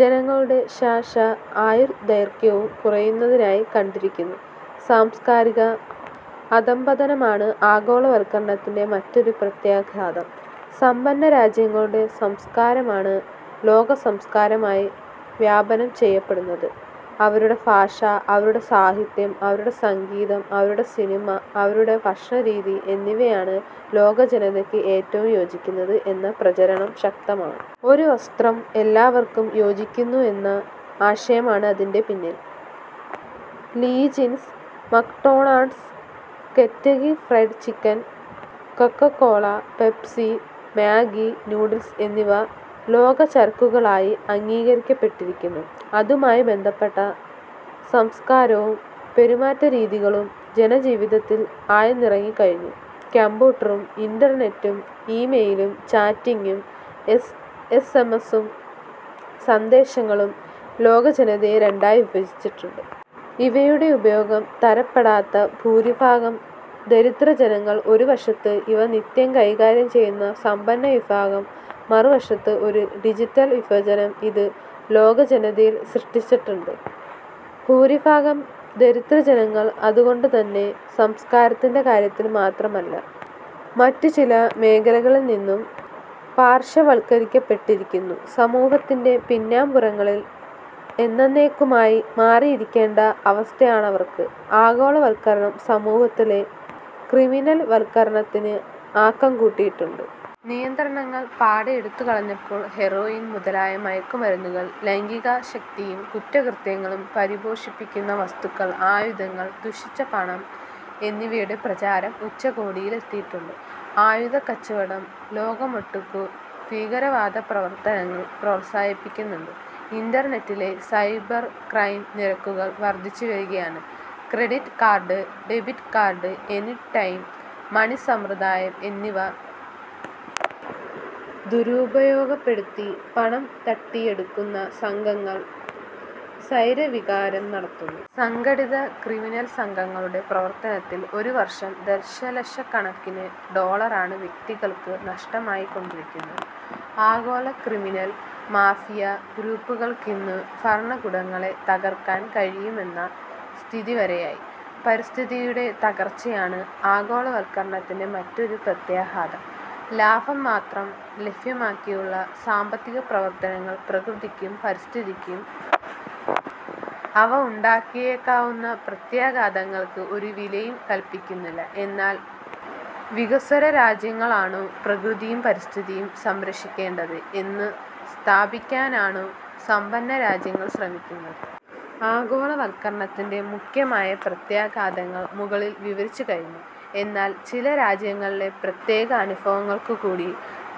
ജനങ്ങളുടെ ശ. ശ. ആയുർദൈർഘ്യവും കുറയുന്നതായി കണ്ടിരിക്കുന്നു. സാംസ്കാരിക അധഃപതനമാണ് ആഗോളവത്കരണത്തിന്റെ മറ്റൊരു പ്രത്യാഘാതം. സമ്പന്നരാജ്യങ്ങളുടെ സംസ്കാരമാണ് ലോകസംസ്കാരമായി വ്യാപനം ചെയ്യപ്പെടുന്നത്. അവരുടെ ഭാഷ, അവരുടെ സാഹിത്യം, അവരുടെ സംഗീതം, അവരുടെ സിനിമ, അവരുടെ ഭക്ഷണരീതി എന്നിവയാണ് ലോകജനതയ്ക്ക് ഏറ്റവും യോജിക്കുന്നത് എന്ന പ്രചരണം ശക്തമാണ്. "ഒരു വസ്ത്രം എല്ലാവർക്കും യോജിക്കുന്നു എന്ന ആശയമാണ് അതിന്റെ പിന്നിൽ. Lee Jeans, McDonald's, Kentucky Fried chicken, Coca Cola, Pepsi, Maggi noodles എന്നിവ ലോകചരക്കുകളായി അംഗീകരിക്കപ്പെട്ടിരിക്കുന്നു. അതുമായി ബന്ധപ്പെട്ട സംസ്കാരവും പെരുമാറ്റരീതികളും ജനജീവിതത്തിൽ ആഴ്ന്നിറങ്ങിക്കഴിഞ്ഞു. കംപ്യൂട്ടറും, ഇന്റർനെറ്റും, ഇ-മെയിലും, ചാറ്റിങ്ങും, എസ്. എം. എസ്. സന്ദേശങ്ങളും ലോകജനതയെ രണ്ടായി വിഭജിച്ചിട്ടുണ്ട്. ഇവയുടെ ഉപയോഗം തരപ്പെടാത്ത ഭൂരിഭാഗം ദരിദ്രജനങ്ങൾ ഒരുവശത്ത്, ഇവ നിത്യം കൈകാര്യം ചെയ്യുന്ന സമ്പന്നവിഭാഗം മറുവശത്ത്. ഒരു ഡിജിറ്റൽ വിഭജനം ഇത് ലോകജനതയിൽ സൃഷ്ടിച്ചിട്ടുണ്ട്. ഭൂരിഭാഗം ദരിദ്രജനങ്ങൾ അതുകൊണ്ടുതന്നെ സംസ്ക്കാരത്തിന്റെ കാര്യത്തിൽ മാത്രമല്ല, മറ്റുചില മേഖലകളിൽനിന്നും പാർശ്വവത്കരിക്കപ്പെട്ടിരിക്കുന്നു. സമൂഹത്തിന്റെ പിന്നാംപുറങ്ങളിൽ എന്നെന്നേക്കുമായി മാറിയിരിക്കേണ്ട അവസ്ഥയാണവർക്ക്. ആഗോളവത്കരണം സമൂഹത്തിലെ ക്രിമിനൽവത്കരണത്തിന് ആക്കംകൂട്ടിയിട്ടുണ്ട്. നിയന്ത്രണങ്ങൾ പാടെയെടുത്തു കളഞ്ഞപ്പോൾ ഹെറോയിൻ മുതലായ മയക്കുമരുന്നുകൾ, ലൈംഗികാസക്തിയും കുറ്റകൃത്യങ്ങളും പരിപോഷിപ്പിക്കുന്ന വസ്തുക്കൾ, ആയുധങ്ങൾ, ദുഷിച്ച പണം എന്നിവയുടെ പ്രചാരം ഉച്ചകോടിലെത്തിയിട്ടുണ്ട്. ആയുധക്കച്ചവടം ലോകമൊട്ടുക്കു ഭീകരവാദപ്രവർത്തനങ്ങൾ പ്രോത്സാഹിപ്പിക്കുന്നുണ്ട്. ഇന്റർനെറ്റിലെ സൈബർക്രൈം നിരക്കുകൾ വർധിച്ചുവരികയാണ്. Credit card, debit card, anytime മണിസമ്പ്രദായം എന്നിവ ദുരുപയോഗപ്പെടുത്തി പണം തട്ടിയെടുക്കുന്ന സംഘങ്ങൾ സ്വൈരവിഹാരം നടത്തുന്നു. സംഘടിത ക്രിമിനൽസംഘങ്ങളുടെ പ്രവർത്തനത്തിൽ ഒരുവർഷം ദശലക്ഷക്കണക്കിനു ഡോളറാണ് വ്യക്തികൾക്കു നഷ്ടമായിക്കൊണ്ടിരിക്കുന്നത്. ആഗോളക്രിമിനൽ മാഫിയഗ്രൂപ്പുകൾക്കിന്നു ഭരണകൂടങ്ങളെ തകർക്കാൻ കഴിയും എന്ന സ്ഥിതിവരെയായി. പരിസ്ഥിതിയുടെ തകർച്ചയാണ് ആഗോളവത്കരണത്തിന്റെ മറ്റൊരു പ്രത്യാഘാതം. ലാഭം മാത്രം ലക്ഷ്യമാക്കിയുള്ള സാമ്പത്തികപ്രവർത്തനങ്ങൾ പ്രകൃതിക്കും പരിസ്ഥിതിക്കും അവയുണ്ടാക്കിയേക്കാവുന്ന പ്രത്യാഘാതങ്ങൾക്ക് ഒരു വിലയും കല്പിക്കുന്നില്ല. എന്നാൽ വികസ്വരരാജ്യങ്ങളാണു പ്രകൃതിയും പരിസ്ഥിതിയും സംരക്ഷിക്കേണ്ടത് എന്നു സ്ഥാപിക്കാനാണു സമ്പന്നരാജ്യങ്ങൾ ശ്രമിക്കുന്നത്. ആഗോളവത്കരണത്തിന്റെ മുഖ്യമായ പ്രത്യാഘാതങ്ങൾ മുകളിൽ വിവരിച്ചുകഴിഞ്ഞു. എന്നാൽ ചില രാജ്യങ്ങളിലെ പ്രത്യേക അനുഭവങ്ങൾകൂടി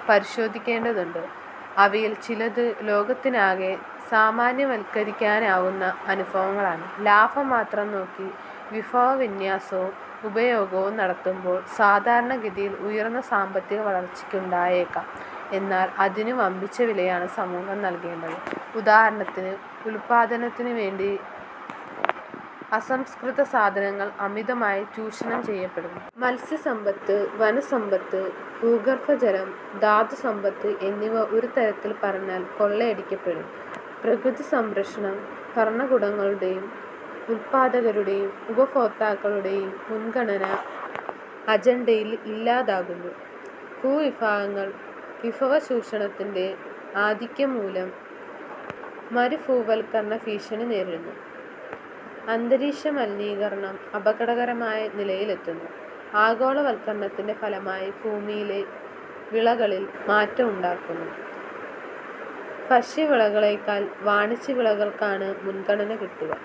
പരിശോധിക്കേണ്ടതുണ്ട്. അവയിൽ ചിലതു ലോകത്തിനാകെ സാമാന്യവത്കരിക്കാനാവുന്ന അനുഭവങ്ങളാണ്. ലാഭം മാത്രം നോക്കി വിഭവവിന്യാസവും ഉപയോഗവും നടത്തുമ്പോൾ സാധാരണഗതിയിൽ ഉയർന്ന സാമ്പത്തികവളർച്ചയുണ്ടായേക്കാം. എന്നാൽ അതിനു വമ്പിച്ച വിലയാണ് സമൂഹം നൽകേണ്ടത്. ഉദാഹരണത്തിന് ഉത്പാദനത്തിനുവേണ്ടി അസംസ്കൃത സാധനങ്ങൾ അമിതമായി ചൂഷണം ചെയ്യപ്പെടുന്നു. മത്സ്യസമ്പത്ത്, വനസമ്പത്ത്, ഭൂഗർഭജലം, ധാതുസമ്പത്ത് എന്നിവ ഒരു തരത്തിൽ പറഞ്ഞാൽ കൊള്ളയടിക്കപ്പെടും. പ്രകൃതിസംരക്ഷണം ഭരണകൂടങ്ങളുടെയും ഉത്പാദകരുടെയും ഉപഭോക്താക്കളുടെയും മുൻഗണനാ അജൻഡയിലില്ലാതാകുന്നു. ഭൂവിഭാഗങ്ങൾ വിഭവചൂഷണത്തിന്റെ ആധിക്യംമൂലം മരുഭൂവൽക്കരണ ഭീഷണി നേരിടുന്നു. അന്തരീക്ഷമലനീകരണം അപകടകരമായ നിലയിലെത്തുന്നു. ആഗോളവത്കരണത്തിന്റെ ഫലമായി ഭൂമിയിലെ വിളകളിൽ മാറ്റം ഉണ്ടാകുന്നു. ഭക്ഷ്യവിളകളെക്കാൾ വാണിജ്യവിളകൾക്കാണ് മുൻഗണന കിട്ടുക.